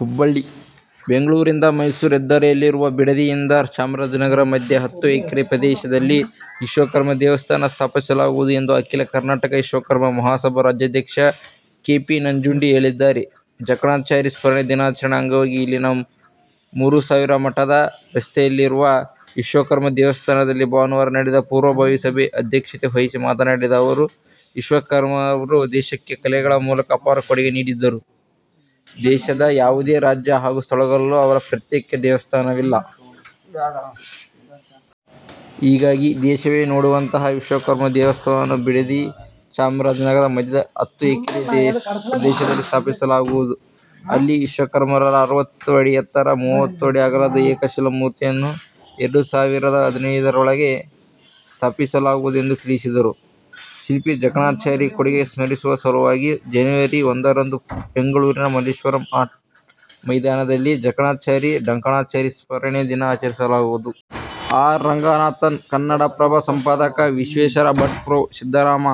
ಹುಬ್ಬಳ್ಳಿ: ಬೆಂಗಳೂರು ಇಂದ ಮೈಸೂರು ಹೆದ್ದಾರಿಯಲ್ಲಿರುವ ಬಿಡದಿ ಇಂದ ರಾಮನಗರ ಮಧ್ಯೆ ಹತ್ತು ಎಕರೆ ಪ್ರದೇಶದಲ್ಲಿ ವಿಶ್ವಕರ್ಮ ದೇವಸ್ಥಾನ ಸ್ಥಾಪಿಸಲಾಗುವುದು ಎಂದು ಅಖೀಲ ಕರ್ನಾಟಕ ವಿಶ್ವಕರ್ಮ ಮಹಾಸಭಾ ರಾಜ್ಯಾಧ್ಯಕ್ಷ ಕೆ. ಪಿ. ನಂಜುಂಡಿ ಹೇಳಿದ್ದಾರೆ. ಜಕಣಾಚಾರಿ ಸ್ಮರಣೆ ದಿನಾಚರಣೆ ಅಂಗವಾಗಿ ಇಲ್ಲಿನ ಮೂರುಸಾವಿರ ಮಠದ ರಸ್ತೆಯಲ್ಲಿರುವ ವಿಶ್ವಕರ್ಮ ದೇವಸ್ಥಾನದಲ್ಲಿ ಭಾನುವಾರ ನಡೆದ ಪೂರ್ವಭಾವಿ ಸಭೆ ಅಧ್ಯಕ್ಷತೆ ವಹಿಸಿ ಮಾತನಾಡಿದ ಅವರು, ವಿಶ್ವಕರ್ಮರು ದೇಶಕ್ಕೆ ಕಲೆಗಳ ಮೂಲಕ ಅಪಾರ ಕೊಡುಗೆ ನೀಡಿದ್ದರೂ ದೇಶದ ಯಾವುದೇ ರಾಜ್ಯ ಹಾಗೂ ಸ್ಥಳದಲ್ಲೂ ಅವರ ಪ್ರತ್ಯೇಕ ದೇವಸ್ಥಾನವಿಲ್ಲ. ಹೀಗಾಗಿ ದೇಶವೇ ನೋಡುವಂತಹ ವಿಶ್ವಕರ್ಮ ದೇವಸ್ಥಾನ ಬಿಡದಿ-ಚಾಮರಾಮನಗರ ಮಧ್ಯ ಹತ್ತು ಎಕರೆ ಪ್ರದೇಶದಲ್ಲಿ ಸ್ಥಾಪಿಸಲಾಗುವುದು. ಅಲ್ಲಿ ವಿಶ್ವಕರ್ಮರ ಅರವತ್ತು ಅಡಿ ಎತ್ತರ, ಮೂವತ್ತು ಅಡಿ ಅಗಲದ ಏಕಶಿಲಾ ಮೂರ್ತಿಯನ್ನು ಎರಡು ಸಾವಿರದ ಹದಿನೈದರೊಳಗೆ ಸ್ಥಾಪಿಸಲಾಗುವುದು ಎಂದು ತಿಳಿಸಿದರು. ಶಿಲ್ಪಿ ಜಕಣಾಚಾರಿ ಕೊಡುಗೆ ಸ್ಮರಿಸುವ ಸಲುವಾಗಿ ಜನವರಿ ಒಂದರಂದು ಬೆಂಗಳೂರಿನ ಮಲ್ಲೇಶ್ವರಂ ಆಟದ ಮೈದಾನದಲ್ಲಿ ಜಕಣಾಚಾರಿ ಡಂಕಣಾಚಾರಿ ಸ್ಮರಣೆ ದಿನ ಆಚರಿಸಲಾಗುವುದು. ಆರ್. ರಂಗನಾಥ್ ಕನ್ನಡ ಪ್ರಭ ಸಂಪಾದಕ ವಿಶ್ವೇಶ್ವರ ಭಟ್ ಪ್ರೊ. ಸಿದ್ಧರಾಮ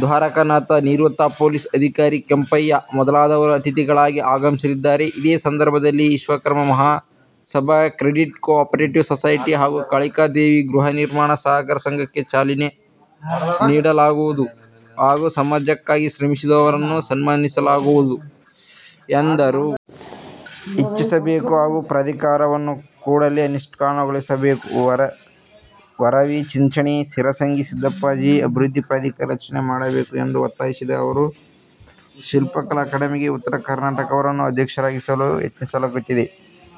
ದ್ವಾರಕಾನಾಥ ನಿವೃತ್ತ ಪೊಲೀಸ್ ಅಧಿಕಾರಿ ಕೆಂಪಯ್ಯ ಮೊದಲಾದವರು ಅತಿಥಿಗಳಾಗಿ ಆಗಮಿಸಲಿದ್ದಾರೆ. ಇದೇ ಸಂದರ್ಭದಲ್ಲಿ Vishwakarma Mahasabha credit cooperative society ಹಾಗೂ ಕಾಳಿಕಾದೇವಿ ಗೃಹ ನಿರ್ಮಾಣ ಸಹಕಾರ ಸಂಘಕ್ಕೆ ಚಾಲನೆ ನೀಡಲಾಗುವುದು ಹಾಗೂ ಸಮಾಜಕ್ಕಾಗಿ ಶ್ರಮಿಸಿದವರನ್ನು ಸನ್ಮಾನಿಸಲಾಗುವುದು ಎಂದರು. ಹೆಚ್ಚಿಸಬೇಕು ಹಾಗೂ ಪ್ರಾಧಿಕಾರವನ್ನು ಕೂಡಲೇ ಅನುಷ್ಠಾನಗೊಳಿಸಬೇಕು, ವರವಿ, ಚಿಂಚಣಿ, ಶಿರಸಂಗಿ, ಸಿದ್ದಪ್ಪಾಜಿ ಅಭಿವೃದ್ಧಿ ಪ್ರಾಧಿಕಾರ ರಚನೆ ಮಾಡಬೇಕು ಎಂದು ಒತ್ತಾಯಿಸಿದ ಅವರು, ಶಿಲ್ಪಕಲಾ ಅಕಾಡೆಮಿಗೆ ಉತ್ತರ ಕರ್ನಾಟಕದವರನ್ನು ಅಧ್ಯಕ್ಷರಾಗಿಸಲು ಯತ್ನಿಸಲಾಗುತ್ತಿದೆ.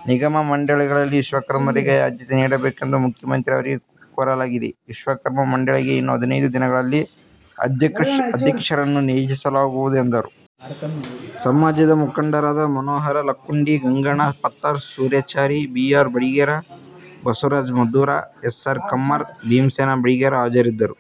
ನಿಗಮ ಮಂಡಳಿಗಳಲ್ಲಿ ವಿಶ್ವಕರ್ಮರಿಗೆ ಆದ್ಯತೆ ನೀಡಬೇಕೆಂದು ಮುಖ್ಯಮಂತ್ರಿ ಅವರಿಗೆ ಕೋರಲಾಗಿದೆ. ವಿಶ್ವಕರ್ಮ ಮಂಡಳಿಗೆ ಇನ್ನು ಹದಿನೈದು ದಿನಗಳಲ್ಲಿ ಅಧ್ಯಕ್ಷರನ್ನು ನಿಯೋಜಿಸಲಾಗುವುದು ಎಂದರು. ಸಮಾಜದ ಮುಖಂಡರಾದ Manohar Lakkundi, Ganganna Pattar, Suryachari, B. R. Badiger, Basavaraj Maddur, S. R. Kammar, Bhimasena Badiger ಹಾಜರಿದ್ದರು.